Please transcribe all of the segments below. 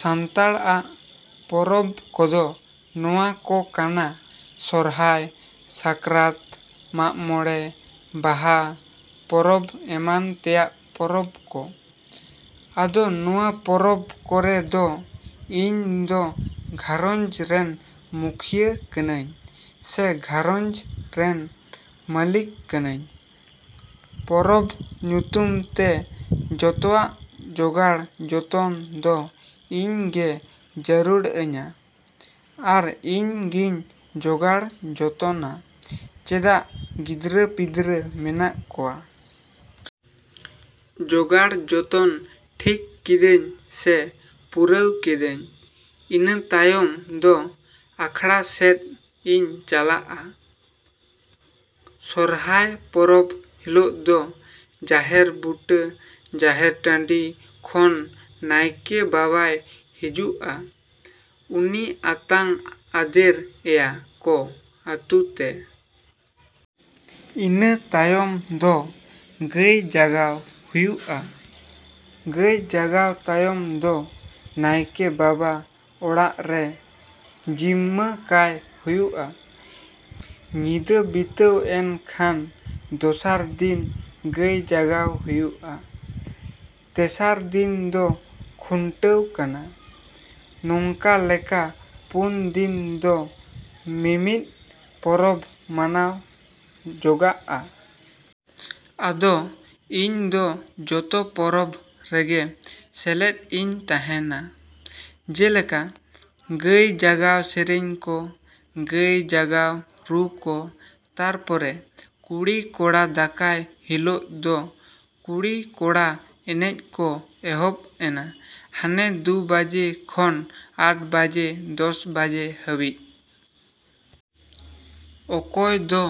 ‎ᱥᱟᱱᱛᱟᱲᱟᱜ ᱯᱚᱨᱚᱵᱽ ᱠᱚᱫᱚ ᱱᱚᱶᱟ ᱠᱚ ᱠᱟᱱᱟ ᱥᱚᱨᱦᱟᱭ, ᱥᱟᱠᱨᱟᱛ, ᱢᱟᱜ ᱢᱚᱲᱮ, ᱵᱟᱦᱟ, ᱯᱚᱨᱚᱵᱽ ᱮᱢᱟᱱ ᱛᱮᱭᱟᱜ ᱯᱚᱨᱚᱵᱽ ᱠᱚ᱾ ᱟᱫᱚ ᱱᱚᱶᱟ ᱯᱚᱨᱚᱵᱽ ᱠᱚᱨᱮ ᱫᱚ ᱤᱧ ᱫᱚ ᱜᱷᱟᱸᱨᱚᱧᱡᱽ ᱨᱮᱱ ᱢᱩᱠᱷᱤᱭᱟᱹ ᱠᱟᱹᱱᱟᱹᱧ ᱥᱮ ᱜᱷᱟᱸᱨᱚᱧᱡᱽ ᱨᱮᱱ ᱢᱟᱹᱞᱤᱠ ᱠᱟᱹᱱᱟᱹᱧ᱾ ᱯᱚᱨᱚᱵᱽ ᱧᱩᱛᱩᱢ ᱛᱮ ᱡᱚᱛᱚᱣᱟᱜ ᱡᱚᱜᱟᱲ ᱡᱚᱛᱚᱱ ᱫᱚ ᱤᱧ ᱜᱮ ᱡᱟᱹᱨᱩᱲᱟᱹᱧᱟ ᱟᱨ ᱤᱧ ᱜᱤᱧ ᱡᱚᱜᱟᱲ ᱡᱚᱛᱚᱱᱟ ᱪᱮᱫᱟᱜ ᱜᱤᱫᱟᱹᱨ ᱯᱤᱫᱟᱹᱨ ᱢᱮᱱᱟᱜ ᱠᱚᱣᱟ᱾ ᱡᱚᱜᱟᱲ ᱡᱚᱛᱚᱱ ᱴᱷᱤᱠ ᱠᱤᱫᱟᱹᱧ ᱥᱮ ᱯᱩᱨᱟᱹᱣ ᱠᱮᱫᱟᱹᱧ ᱤᱱᱟᱹ ᱛᱟᱭᱚᱢ ᱫᱚ ᱟᱠᱷᱲᱟ ᱥᱮᱫ ᱤᱧ ᱪᱟᱞᱟᱜᱼᱟ᱾ ᱥᱚᱨᱦᱟᱭ ᱯᱚᱨᱚᱵᱽ ᱦᱤᱞᱳᱜ ᱫᱚ ᱡᱟᱦᱮᱨ ᱵᱩᱴᱟᱹ, ᱡᱟᱦᱮᱨ ᱴᱟᱺᱰᱤ ᱠᱷᱚᱱ ᱱᱟᱭᱠᱮ ᱵᱟᱵᱟᱭ ᱦᱤᱡᱩᱜᱼᱟ᱾ ᱩᱱᱤ ᱟᱛᱟᱝ ᱟᱫᱮᱨ ᱮᱭᱟ ᱠᱚ ᱟᱹᱛᱩ ᱛᱮ᱾ ᱤᱱᱟᱹ ᱛᱟᱭᱚᱢ ᱫᱚ ᱜᱟᱹᱭ ᱡᱟᱜᱟᱣ ᱦᱩᱭᱩᱜᱼᱟ᱾ ᱜᱟᱹᱭ ᱡᱟᱜᱟᱣ ᱛᱟᱭᱚᱢ ᱫᱚ ᱱᱟᱭᱠᱮ ᱵᱟᱵᱟ ᱚᱲᱟᱜ ᱨᱮ ᱡᱤᱢᱢᱟᱹ ᱠᱟᱭ ᱦᱩᱭᱩᱜᱼᱟ᱾ ᱧᱤᱫᱟᱹ ᱵᱤᱛᱟᱹᱣ ᱮᱱ ᱠᱷᱟᱱ ᱫᱚᱥᱟᱨ ᱫᱤᱱ ᱜᱟᱹᱭ ᱡᱟᱜᱟᱣ ᱦᱩᱭᱩᱜᱼᱟ᱾ ᱛᱮᱥᱟᱨ ᱫᱤᱱ ᱫᱚ ᱠᱷᱩᱱᱴᱟᱹᱣ ᱠᱟᱱᱟ᱾ ᱱᱚᱝᱠᱟ ᱞᱮᱠᱟ ᱯᱩᱱ ᱫᱤᱱ ᱫᱚ ᱢᱤᱢᱤᱫ ᱯᱚᱨᱚᱵᱽ ᱢᱟᱱᱟᱣ ᱡᱚᱜᱟᱜᱼᱟ᱾ ᱟᱫᱚ ᱤᱧ ᱫᱚ ᱡᱚᱛᱚ ᱯᱚᱨᱚᱵᱽ ᱨᱮᱜᱮ ᱥᱮᱞᱮᱫ ᱤᱧ ᱛᱟᱦᱮᱸᱱᱟ ᱡᱮᱞᱮᱠᱟ, ᱜᱟᱹᱭ ᱡᱟᱜᱟᱣ ᱥᱮᱨᱮᱧ ᱠᱚ, ᱜᱟᱹᱭ ᱡᱟᱜᱟᱣ ᱨᱩ ᱠᱚ, ᱛᱟᱨᱯᱚᱨᱮ ᱠᱩᱲᱤ ᱠᱚᱲᱟ ᱫᱟᱠᱟᱭ ᱦᱤᱞᱳᱜ ᱫᱚ ᱠᱩᱲᱤ ᱠᱚᱲᱟ ᱮᱱᱮᱡ ᱠᱚ ᱮᱦᱚᱵᱽ ᱮᱱᱟ ᱦᱟᱱᱮ ᱫᱩ ᱵᱟᱡᱮ ᱠᱷᱚᱱ ᱟᱴ ᱵᱟᱡᱮ, ᱫᱚᱥ ᱵᱟᱡᱮ ᱦᱟᱹᱵᱤᱡ᱾ ᱚᱠᱚᱭ ᱫᱚ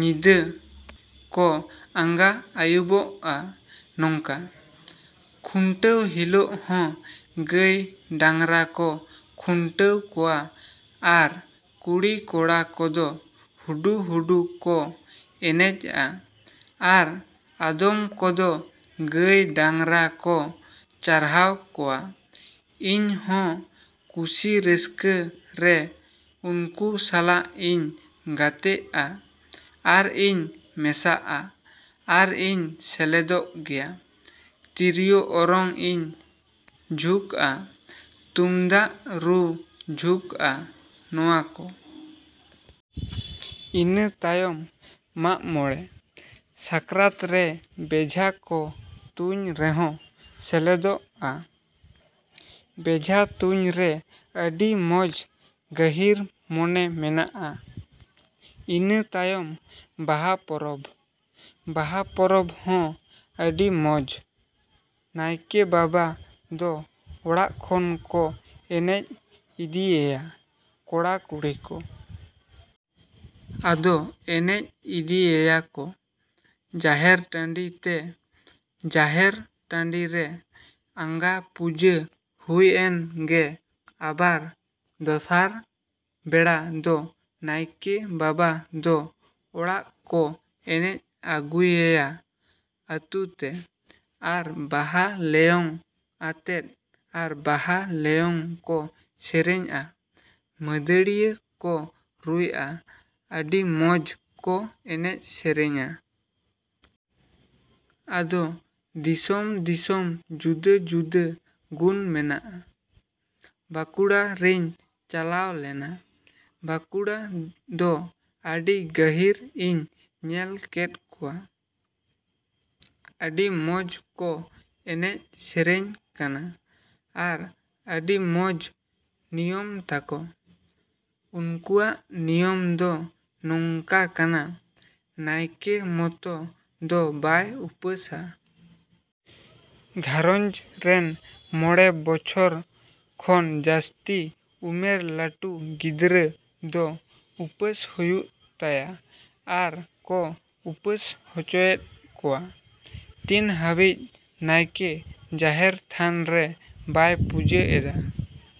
ᱧᱤᱫᱟᱹ ᱠᱚ ᱟᱸᱜᱟ ᱟᱹᱭᱩᱵᱚᱜᱼᱟ ᱱᱚᱝᱠᱟ᱾ ᱠᱷᱩᱱᱴᱟᱹᱣ ᱦᱤᱞᱳᱜ ᱦᱚᱸ ᱜᱟᱹᱭ ᱰᱟᱝᱨᱟ ᱠᱚ ᱠᱷᱩᱱᱴᱟᱹᱣ ᱠᱚᱣᱟ ᱟᱨ ᱠᱩᱲᱤ ᱠᱚᱲᱟ ᱠᱚᱫᱚ ᱦᱩᱰᱩ ᱦᱩᱰᱩ ᱠᱚ ᱮᱱᱮᱡᱟ ᱟᱨ ᱟᱫᱚᱢ ᱠᱚᱫᱚ ᱜᱟᱹᱭ ᱰᱟᱝᱨᱟ ᱠᱚ ᱪᱟᱨᱦᱟᱣ ᱠᱚᱣᱟ᱾ ᱤᱧᱦᱚᱸ ᱠᱩᱥᱤ ᱨᱟᱹᱥᱠᱟᱹ ᱨᱮ ᱩᱱᱠᱩ ᱥᱟᱞᱟᱜ ᱤᱧ ᱜᱟᱛᱮᱜᱼᱟ ᱟᱨᱤᱧ ᱢᱮᱥᱟᱜᱼᱟ ᱟᱨᱤᱧ ᱥᱮᱞᱮᱫᱚᱜ ᱜᱮᱭᱟ, ᱛᱤᱨᱤᱭᱳ ᱚᱨᱚᱝ ᱤᱧ ᱡᱷᱩᱠᱼᱟ, ᱛᱩᱢᱫᱟᱜ ᱨᱩᱧ ᱡᱷᱩᱠᱼᱟ ᱱᱚᱶᱟ ᱠᱚ᱾ ᱤᱱᱟᱹ ᱛᱟᱭᱚᱢ ᱢᱟᱜᱽ ᱢᱚᱬᱮ᱾ ᱥᱟᱠᱨᱟᱛ ᱨᱮ ᱵᱮᱡᱷᱟ ᱠᱚ ᱛᱩᱧ ᱨᱮᱦᱚᱸᱧ ᱥᱮᱞᱮᱫᱚᱜᱼᱟ᱾ ᱵᱮᱡᱷᱟ ᱛᱩᱧᱨᱮ ᱟᱹᱰᱤ ᱢᱚᱸᱡᱽ ᱜᱟᱹᱦᱤᱨ ᱢᱟᱱᱮ ᱢᱮᱱᱟᱜᱼᱟ᱾ ᱤᱱᱟᱹ ᱛᱟᱭᱚᱢ ᱵᱟᱦᱟ ᱯᱚᱨᱚᱵᱽ᱾ ᱵᱟᱦᱟ ᱯᱚᱨᱚᱵᱽ ᱦᱚᱸ ᱟᱹᱰᱤ ᱢᱚᱸᱡᱽ᱾ ᱱᱟᱭᱠᱮ ᱵᱟᱵᱟ ᱫᱚ ᱚᱲᱟᱜ ᱠᱷᱚᱱ ᱠᱚ ᱮᱱᱮᱡ ᱤᱫᱤᱭᱮᱭᱟ ᱠᱚᱲᱟ ᱠᱩᱲᱤ ᱠᱚ᱾ ᱟᱫᱚ ᱮᱱᱮᱡ ᱤᱫᱤᱭᱮᱭᱟ ᱠᱚ ᱡᱟᱦᱮᱨ ᱴᱟᱺᱰᱤᱛᱮ᱾ ᱡᱟᱦᱮᱨ ᱴᱟᱺᱰᱤ ᱨᱮ ᱟᱸᱜᱟ ᱯᱩᱡᱟᱹ ᱦᱩᱭᱮᱱ ᱜᱮ ᱟᱵᱟᱨ ᱫᱚᱥᱟᱨ ᱵᱮᱲᱟ ᱫᱚ ᱱᱟᱭᱠᱮ ᱵᱟᱵᱟ ᱫᱚ ᱚᱲᱟᱜ ᱠᱚ ᱮᱱᱮᱡ ᱟᱹᱜᱩᱭᱮᱭᱟ ᱟᱹᱛᱩᱛᱮ ᱟᱨ ᱵᱟᱦᱟ ᱞᱮᱭᱚᱝ ᱟᱛᱮᱫ ᱟᱨ ᱵᱟᱦᱟ ᱞᱮᱭᱚᱝ ᱠᱚ ᱥᱮᱹᱨᱮᱹᱧᱟ, ᱢᱟᱹᱫᱟᱹᱲᱤᱭᱟᱹ ᱠᱚ ᱨᱩᱭᱟ, ᱟᱹᱰᱤ ᱢᱚᱸᱡᱽ ᱠᱚ ᱮᱱᱮᱡ ᱥᱮᱨᱮᱧᱟ᱾ ᱟᱫᱚ ᱫᱤᱥᱚᱢ ᱫᱤᱥᱚᱢ ᱡᱩᱫᱟᱹ ᱡᱩᱫᱟᱹ ᱜᱩᱱ ᱢᱮᱱᱟᱜᱼᱟ᱾ ᱵᱟᱸᱠᱩᱲᱟ ᱨᱤᱧ ᱪᱟᱞᱟᱣ ᱞᱮᱱᱟ᱾ ᱵᱟᱸᱠᱩᱲᱟ ᱫᱚ ᱟᱹᱰᱤ ᱜᱟᱹᱦᱤᱨ ᱤᱧ ᱧᱮᱞ ᱠᱮᱫ ᱠᱚᱣᱟ᱾ ᱟᱹᱰᱤ ᱢᱚᱸᱡᱽ ᱠᱚ ᱮᱱᱮᱡ ᱥᱮᱹᱨᱮᱹᱧ ᱠᱟᱱᱟ ᱟᱨ ᱟᱹᱰᱤ ᱢᱚᱸᱡᱽ ᱱᱤᱭᱚᱢ ᱛᱟᱠᱚ᱾ ᱩᱱᱠᱩᱣᱟᱜ ᱱᱤᱭᱚᱢ ᱫᱚ ᱱᱚᱝᱠᱟ ᱠᱟᱱᱟ ᱱᱟᱭᱠᱮ ᱢᱚᱛᱚ ᱫᱚ ᱵᱟᱭ ᱩᱯᱟᱹᱥᱟ᱾ ᱜᱷᱟᱸᱨᱚᱧᱡᱽ ᱨᱮᱱ ᱢᱚᱬᱮ ᱵᱚᱪᱷᱚᱨ ᱠᱷᱚᱱ ᱡᱟᱹᱥᱛᱤ ᱩᱢᱟᱹᱨ ᱞᱟᱹᱴᱩ ᱜᱤᱫᱽᱨᱟᱹ ᱫᱚ ᱩᱯᱟᱹᱥ ᱦᱩᱭᱩᱜ ᱛᱟᱭᱟ ᱟᱨ ᱠᱚ ᱩᱯᱟᱹᱥ ᱦᱚᱪᱚᱭᱮᱫ ᱠᱚᱣᱟ᱾ ᱛᱤᱱ ᱦᱟᱹᱵᱤᱡ ᱱᱟᱭᱠᱮ ᱡᱟᱦᱮᱨ ᱛᱷᱟᱱᱨᱮ ᱵᱟᱭ ᱯᱩᱡᱟᱹ ᱮᱫᱟ᱾